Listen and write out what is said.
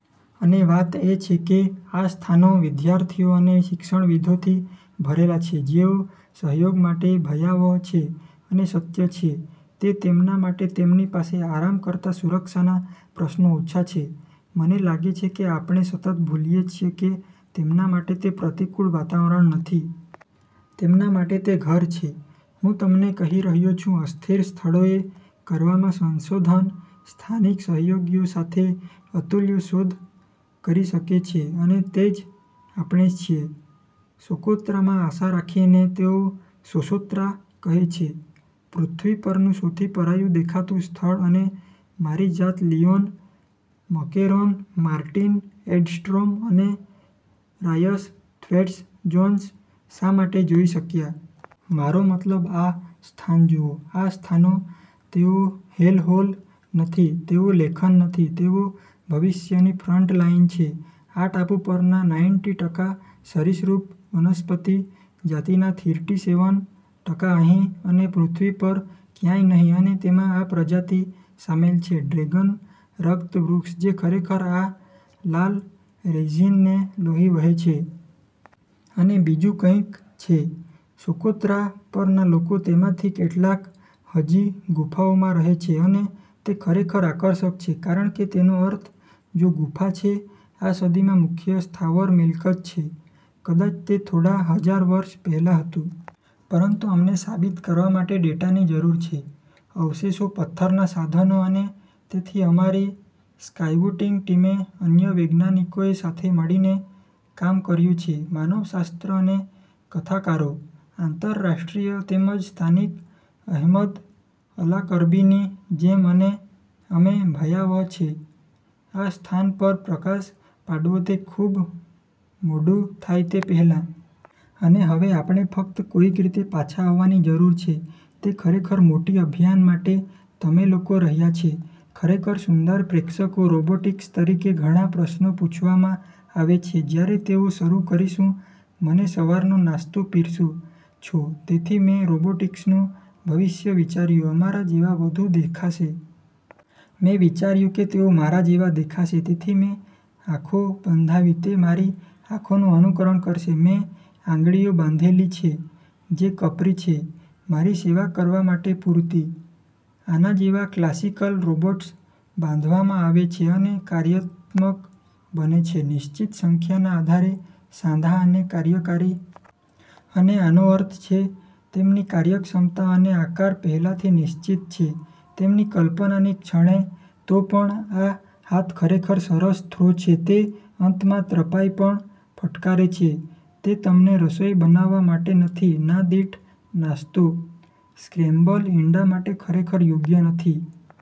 અને વાત એ છે કે આ સ્થાનો વિદ્યાર્થીઓ અને શિક્ષણવિદોથી ભરેલા છે જેઓ સહયોગ માટે ભયાવહ છે અને સત્ય છે તે તેમના માટે તેમની પાસે અમારા કરતા સુરક્ષાના પ્રશ્નો ઓછા છે. મને લાગે છે કે આપણે સતત ભૂલીએ છીએ કે તેમના માટે તે પ્રતિકૂળ વાતાવરણ નથી. તેમના માટે તે ઘર છે. હું તમને કહી રહ્યો છું, અસ્થિર સ્થળોએ કરવામાં સંશોધન સ્થાનિક સહયોગીઓ સાથે અતુલ્ય શોધ કરી શકે છે અને તે જ આપણે છીએ સોકોત્રામાં આશા રાખીને. તેઓ સોસોત્રા કહે છે પૃથ્વી પરનું સૌથી પરાયું દેખાતું સ્થળ અને મારી જાત લિયોન મકેરોન, માર્ટિન એડ્સ્ટ્રોમ અને રાયસ થ્વેટ્સ-જોન્સ શા માટે જોઈ શક્યા. મારો મતલબ આ સ્થાન જુઓ. આ સ્થાનો તેઓ હેલહોલ નથી, તેઓ લેખન નથી, તેઓ ભવિષ્યની ફ્રન્ટલાઈન છે. આ ટાપુ પરના નાઈન્ટી ટકા સરિસૃપ, વનસ્પતિ જાતિના થીરટી સેવન ટકા અહીં અને પૃથ્વી પર ક્યાંય નહીં અને તેમાં આ પ્રજાતિ શામેલ છે ડ્રેગન રક્ત વૃક્ષ જે ખરેખર આ લાલ રેઝિનને લોહી વહે છે. અને બીજું કંઈક છે. સોકોત્રા પરના લોકો તેમાંથી કેટલાક હજી ગુફાઓમાં રહે છે અને તે ખરેખર આકર્ષક છે કારણ કે તેનો અર્થ જો ગુફા છે આ સદીમાં મુખ્ય સ્થાવર મિલકત છે. કદાચ તે થોડા હજાર વર્ષ પહેલાં હતું. પરંતુ અમને સાબિત કરવા માટે ડેટાની જરૂર છે, અવશેષો, પથ્થરનાં સાધનો, અને તેથી અમારી સ્કાઉટિંગ ટીમે અન્ય વૈજ્ઞાનિકોએ સાથે મળીને કામ કર્યું છે, માનવશાસ્ત્ર અને કથાકારો, આંતરરાષ્ટ્રીય તેમજ સ્થાનિક, અહેમદ અલારકબીની જેમ અને અમે ભયાવહ છે આ સ્થાન પર પ્રકાશ પાડવો તે ખૂબ મોડું થાય તે પહેલાં. અને હવે આપણે ફક્ત કોઈક રીતે પાછા આવવાની જરૂર છે તે ખરેખર મોટી અભિયાન માટે. તમે લોકો રહ્યા છે ખરેખર સુંદર પ્રેક્ષકો. રોબોટિસ્ટ તરીકે ઘણા પ્રશ્નો પૂછવામાં આવે છે. જ્યારે તેઓ શરૂ કરીશું મને સવારનો નાસ્તો પીરસો છો તેથી મેં રોબોટિક્સનું ભવિષ્ય વિચાર્યું અમારા જેવા વધુ દેખાશે. મેં વિચાર્યું કે તેઓ મારા જેવા દેખાશે તેથી મેં આંખો બંધાવી તે મારી આંખોનું અનુકરણ કરશે. મેં આંગળીઓ બાંધેલી છે જે કપરી છે મારી સેવા કરવા માટે પૂરતી. આના જેવા ક્લાસિકલ રોબોટ્સ બાંધવામાં આવે છે અને કાર્યાત્મક બને છે નિશ્ચિત સંખ્યાના આધારે સાંધા અને કાર્યકારી. અને આનો અર્થ છે તેમની કાર્યક્ષમતા અને આકાર પહેલાથી નિશ્ચિત છે તેમની કલ્પનાની ક્ષણે. તો પણ આ હાથ ખરેખર સરસ થ્રો છે તે અંતમાં ત્રપાઈ પણ ફટકારે છે. તે તમને રસોઇ બનાવવા માટે નથી, ના દીઠ નાસ્તો. તે સ્ક્રેમ્બલ ઇંડા માટે ખરેખર યોગ્ય નથી.